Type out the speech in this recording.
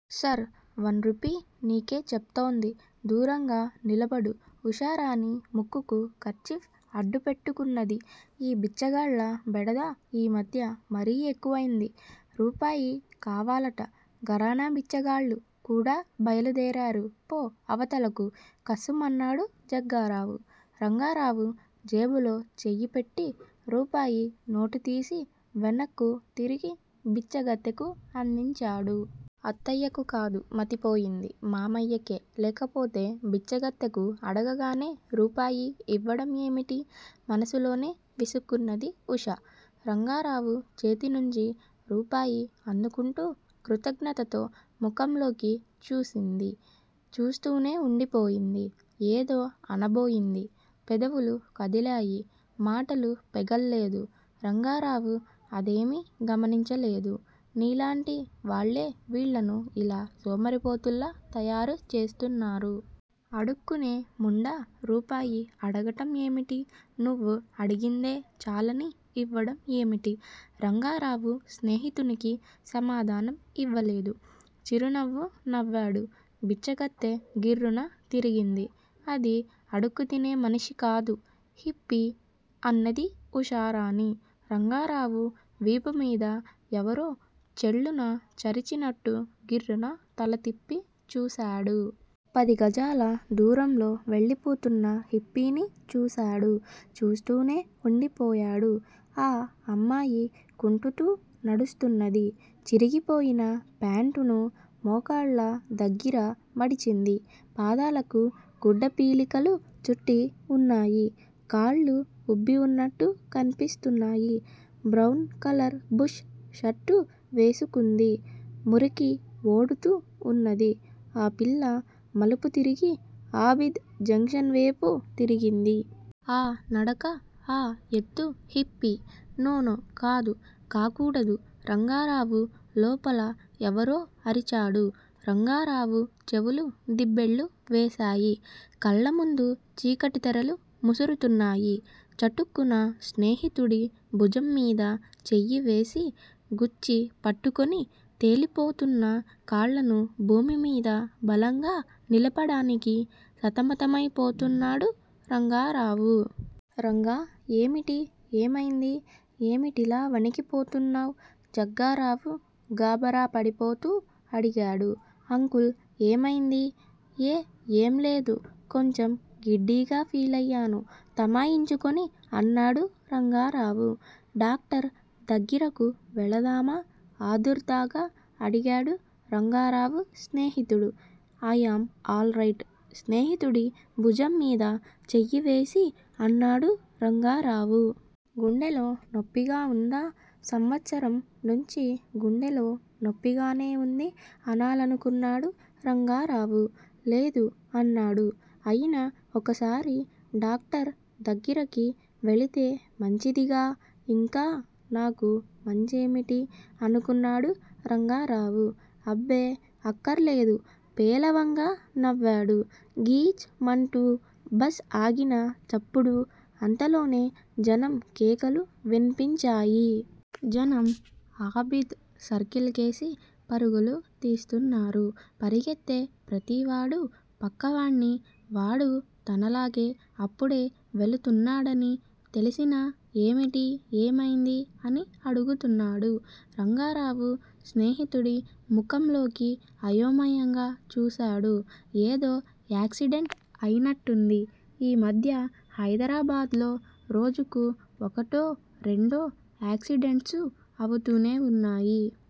Sir! One rupee! నీకే చెప్తోంది. దూరంగా నిలబడు! ఉషారాణి ముక్కుకు కర్చీఫ్ అడ్డుపెట్టు కున్నది. ఈ బిచ్చగాళ్ళ బెడద ఈ మధ్య మరీ ఎక్కువైంది. రూపాయి కావాలట! ఘరానా బిచ్చగాళ్ళు కూడా బయలుదేరారు. పో! అవతలకు! కస్సుమన్నాడు జగ్గారావు. రంగారావు జేబులో చెయ్యిపెట్టి, రూపాయి నోటుతీసి వెనక్కు తిరిగి బిచ్చగత్తెకు అందించాడు. అత్తయ్యకు కాదు మతిపోయింది. మామయ్యకె లేకపోతే! బిచ్చగత్తెకు అడగగానే రూపాయి యివ్వడం ఏమిటి? మనసులోనే విసుక్కున్నది ఉష. రంగారావు చేతినుంచి రూపాయి అందుకుంటూ కృతజ్ఞతతో ముఖంలోకి చూసింది. చూస్తూనే ఉండిపోయింది. ఏదో అనబోయింది. పెదవులు కదిలాయి. మాటలు పెగల్లేదు. రంగారావు అదేమీ గమనించలేదు. నీలాంటి వాళ్ళే వీళ్ళను ఇలా సోమరిపోతుల్లా తయారు చేస్తున్నారు. అడుక్కునే ముండ రూపాయి అడగటం ఏమిటి? నువ్వు అడిగిందే చాలని ఇవ్వడం ఏమిటి? రంగారావు స్నేహితునికి సమాధానం ఇవ్వలేదు. చిరునవ్వు నవ్వాడు. బిచ్చగత్తె గిర్రున తిరిగింది. అది అడుక్కుతినే మనిషి కాదు. హిప్పీ! అన్నది ఉషారాణి. రంగారావు వీపు మీద ఎవరో చెళ్ళున చరిచినట్టు గిర్రున తలతిప్పి చూశాడు. పదిగజాల దూరంలో వెళ్లిపోతున్న హిప్పీని చూశాడు. చూస్తూనే వుండిపోయాడు. ఆ అమ్మాయి కుంటుతూ నడుస్తున్నది. చిరిగిపోయిన ప్యాంటును మోకాళ్ళ దగ్గిర మడిచింది. పాదాలకు గుడ్డపీలికలు చుట్టి వున్నాయి. కాళ్ళు వుబ్బివున్నట్టు కన్పిస్తున్నాయి. బ్రౌన్ కలర్ బుష్ షర్టు వేసుకుంది. మురికి వోడుతూ వున్నది. ఆ పిల్ల మలుపుతిరిగి ఆబిద్ జంక్షన్ వేపు తిరిగింది. ఆ నడక, ఆ ఎత్తు, హిప్పీ. నో నో కాదు. కాకూడదు రంగారావు లోపల ఎవరో అరిచాడు. రంగారావు చెవులు దిబ్బెళ్ళు వేశాయి. కళ్లముందు చీకటితెరలు ముసురుతున్నాయి. చటుక్కున స్నేహితుడి భుజంమీద చెయ్యివేసి గుచ్చి పట్టుకొని, తేలిపోతున్న కాళ్ళను భూమిమీద బలంగా నిలపడానికి సతమతమైపోతున్నాడు రంగారావు. రంగా! ఏమిటి? ఏమైంది? ఏమిటిలా వణికి పోతున్నావ్? జగ్గారావు గాభరా పడిపోతూ అడిగాడు. అంకుల్! ఏమైంది? ఏ ఏం లేదు. కొంచెం గిడ్డీగా ఫీలయ్యాను తమాయించుకొని అన్నాడు రంగారావు. డాక్టర్ దగ్గిరకు వెళదామా? ఆదుర్దాగా అడిగాడు రంగారావు స్నేహితుడు. I'm all right! స్నేహితుడి భుజంమీద చెయ్యివేసి అన్నాడు రంగారావు. గుండెలో నొప్పిగా వుందా? సంవత్సరం నుంచి గుండెలో నొప్పిగానే వుంది అనాలనుకున్నాడు రంగారావు. లేదు! అన్నాడు. అయినా ఒకసారి డాక్టర్ దగ్గిరకి వెళితే మంచిదిగా? ఇంకా నాకు మంచేమిటి? అనుకున్నాడు రంగారావు. అబ్బే! అక్కర్లేదు పేలవంగా నవ్వాడు. గీచ్ మంటూ బస్ ఆగిన చప్పుడూ, అంతలోనే జనం కేకలు విన్పించాయి. జనం ఆహబిద్ సర్కిల్ కేసి పరుగులు తీస్తున్నారు. పరిగెత్తే ప్రతివాడూ, పక్కవాడ్ని, వాడూ తనలాగే అప్పుడే వెళుతున్నాడని తెలిసినా ఏమిటి? ఏమైంది? అని అడుగుతున్నాడు. రంగారావు స్నేహితుడి ముఖంలోకి అయోమయంగా చూశాడు. ఏదో యాక్సిడెంట్ అయినట్టుంది. ఈ మధ్య హైదరాబాద్ లో రోజుకు ఒకటో రెండో యాక్సిడెంట్సు అవుతూనే వున్నాయి.